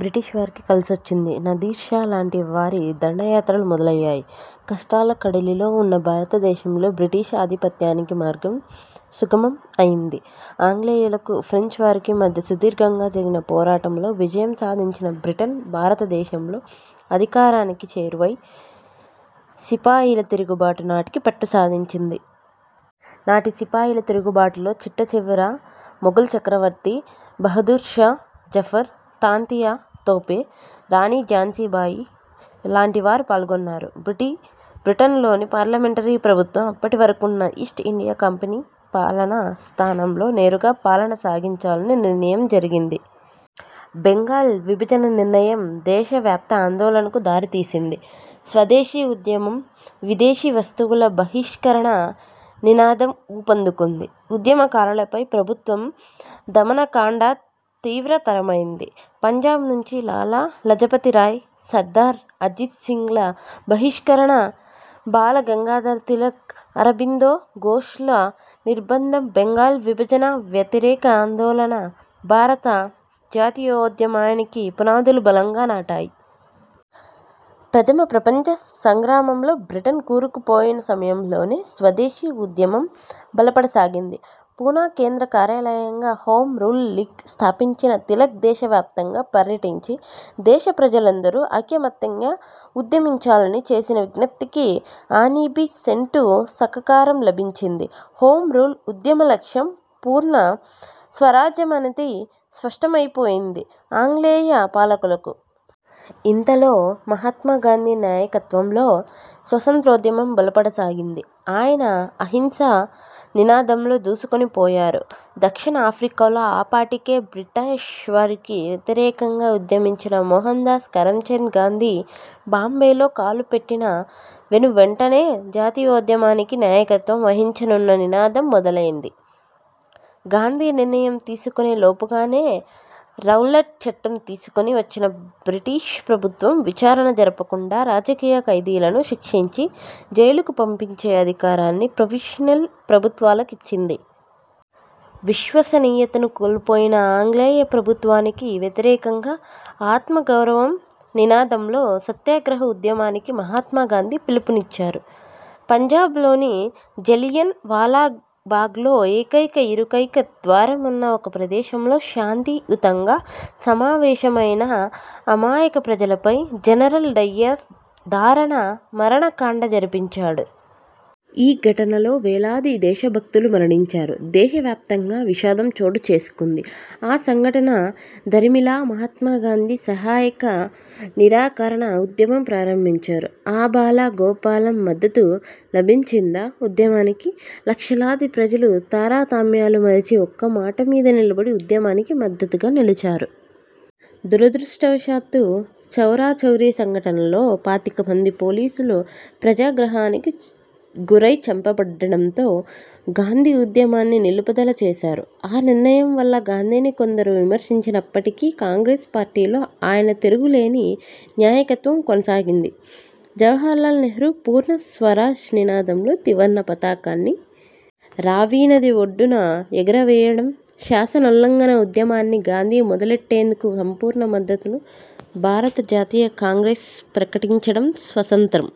British వారికి కలిసొచ్చింది. Nadir Shah లాంటి వారి దండయాత్రలు మొదలయ్యాయి. కష్టాల కడలిలో ఉన్న భారతదేశంలో బ్రిటిష్ ఆధిపత్యానికి మార్గం సుగమం అయింది. ఆంగ్లేయులకు, ఫ్రెంచ్ వారికి మధ్య సుదీర్ఘంగా జరిగిన పోరాటంలో విజయం సాధించిన బ్రిటన్ భారత దేశంలో అధికారానికి చేరువై, సిపాయిల తిరుగుబాటు నాటికి పట్టు సాధించింది. నాటి సిపాయిల తిరుగుబాటులో చిట్టచివరి మొఘల్ చక్రవర్తి బహదూర్ షా జఫర్, తాంతియా తోపే, రాణి ఝాన్సీ లక్ష్మి బాయి లాంటి వారు పాల్గొన్నారు. బ్రిటన్ లోని పార్లమెంటరీ ప్రభుత్వం, అప్పటివరకున్న ఈస్ట్ ఇండియా కంపెనీ పాలన స్థానంలో, నేరుగా పాలన సాగించాలని నిర్ణయం జరిగింది. బెంగాల్ విభజన నిర్ణయం, దేశ వ్యాప్త ఆందోళనకు దారితీసింది. స్వదేశీ ఉద్యమం, విదేశీ వస్తువుల బహిష్కరణ నినాదం ఊపందుకుంది. ఉద్యమ కారులపై ప్రభుత్వ దమన కాండ తీవ్రతరమైంది. పంజాబ్ నుంచి లాలా లజపతి రాయ్, సర్దార్ అజిత్ సింగ్ ల బహిష్కరణ, బాల గంగాధర తిలక్, అరబిందో ఘోష్ ల నిర్బంధం, బెంగాల్ విభజన వ్యతిరేక ఆందోళన, భారత జాతీయోద్యమానికి పునాదులు బలంగా నాటాయి.. ప్రథమ ప్రపంచ సంగ్రామంలో బ్రిటన్ కూరుకుపోయిన సమయంలోనే, స్వదేశీ ఉద్యమం బలపడ సాగింది. పూనా కేంద్ర కార్యాలయంగా, హోం రూల్ లీగ్ స్థాపించిన తిలక్ దేశ వ్యాప్తంగా పర్యటించి, దేశ ప్రజలందరూ ఐకమత్యంగా ఉద్యమించాలని చేసిన విజ్ఞప్తికి అనీబీ సెంటు సహకారం లభించింది. హోం రూల్ ఉద్యమ లక్ష్యం పూర్ణ స్వరాజ్యమనేది స్పష్టమైపోయింది ఆంగ్లేయ పాలకులకు. ఇంతలో, మహాత్మా గాంధీ నాయకత్వంలో స్వాతంత్ర్యోద్యమం బలపడ సాగింది. ఆయన 'అహింస' నినాదంలో దూసుకుని పోయారు. దక్షిణాఫ్రికాలో ఆపాటికే బ్రిటీష్ వారికి వ్యతిరేకంగా ఉద్యమించిన మోహన్ దాస్ కరంచంద్ గాంధీ, బాంబేలో కాలు పెట్టిన వెను వెంటనే, జాతీయోద్యమానికి నాయకత్వం వహించమన్న నినాదం మొదలైంది. గాంధీ నిర్ణయం తీసుకునే లోపుగానే, రౌలట్ చట్టం తీసుకొని వచ్చిన బ్రిటీష్ ప్రభుత్వం, విచారణ జరపకుండా, రాజకీయ ఖైదీలను శిక్షించి, జైలుకు పంపించే అధికారాన్ని ప్రొవిన్షియల్ ప్రభుత్వాలకిచ్చింది. విశ్వసనీయతను కోల్పోయిన ఆంగ్లేయ ప్రభుత్వానికి వ్యతిరేకంగా, 'ఆత్మ గౌరవం నినాదంతో. సత్యాగ్రహ ఉద్యమానికి మహాత్మా గాంధీ పిలుపిచ్చారు. పంజాబ్ లోని జలియన్ వాలాబాగ్లో, ఏకైక ఇరుకైన ద్వారమున్న ఒక ప్రదేశంలో శాంతి యుతంగా సమావేశమైన అమాయక ప్రజలపై జనరల్ డయ్యర్ దారుణ మరణ కాండ జరిపించాడు. ఈ ఘటనలో వేలాది దేశ భక్తులు మరణించారు. దేశ వ్యాప్తంగా విషాదం చోటు చేసుకున్న ఆ సంఘటన దరిమిలా మహాత్మా గాంధీ సహాయ నిరాకరణ ఉద్యమం ప్రారంభించారు. ఆబాల గోపాలం మద్దతు లభించిందా ఉద్యమానికి. లక్షలాది ప్రజలు, తార తమ్యాలు మరిచి, ఒక్క మాట మీద నిలబడి ఉద్యమానికి మద్దతుగా నిలిచారు. దురదృష్టవశాత్తు చౌరాచౌరీ సంఘటనలో పాతిక మంది పోలీసులు ప్రజాగ్రహానికి గురై చంప బడడంతో, గాంధీ ఉద్యమాన్ని నిలుపుదల చేశారు. ఆ నిర్ణయం వల్ల గాంధీని కొందరు విమర్శించినప్పటికీ, కాంగ్రెస్ పార్టీలో ఆయన తిరుగులేని నాయకత్వం కొనసాగింది. జవహర్లాల్ నెహ్రూ పూర్ణ స్వరాజ్ నినాదంతో త్రివర్ణ పతాకాన్ని రావి నది ఒడ్డున ఎగురవేయడం, శాసనోల్లంఘన ఉద్యమాన్ని గాందీ మొదలెట్టేందుకు సంపూర్ణ మద్దతును భారత జాతీయ కాంగ్రెస్ ప్రకటించడం, స్వసత్రంతం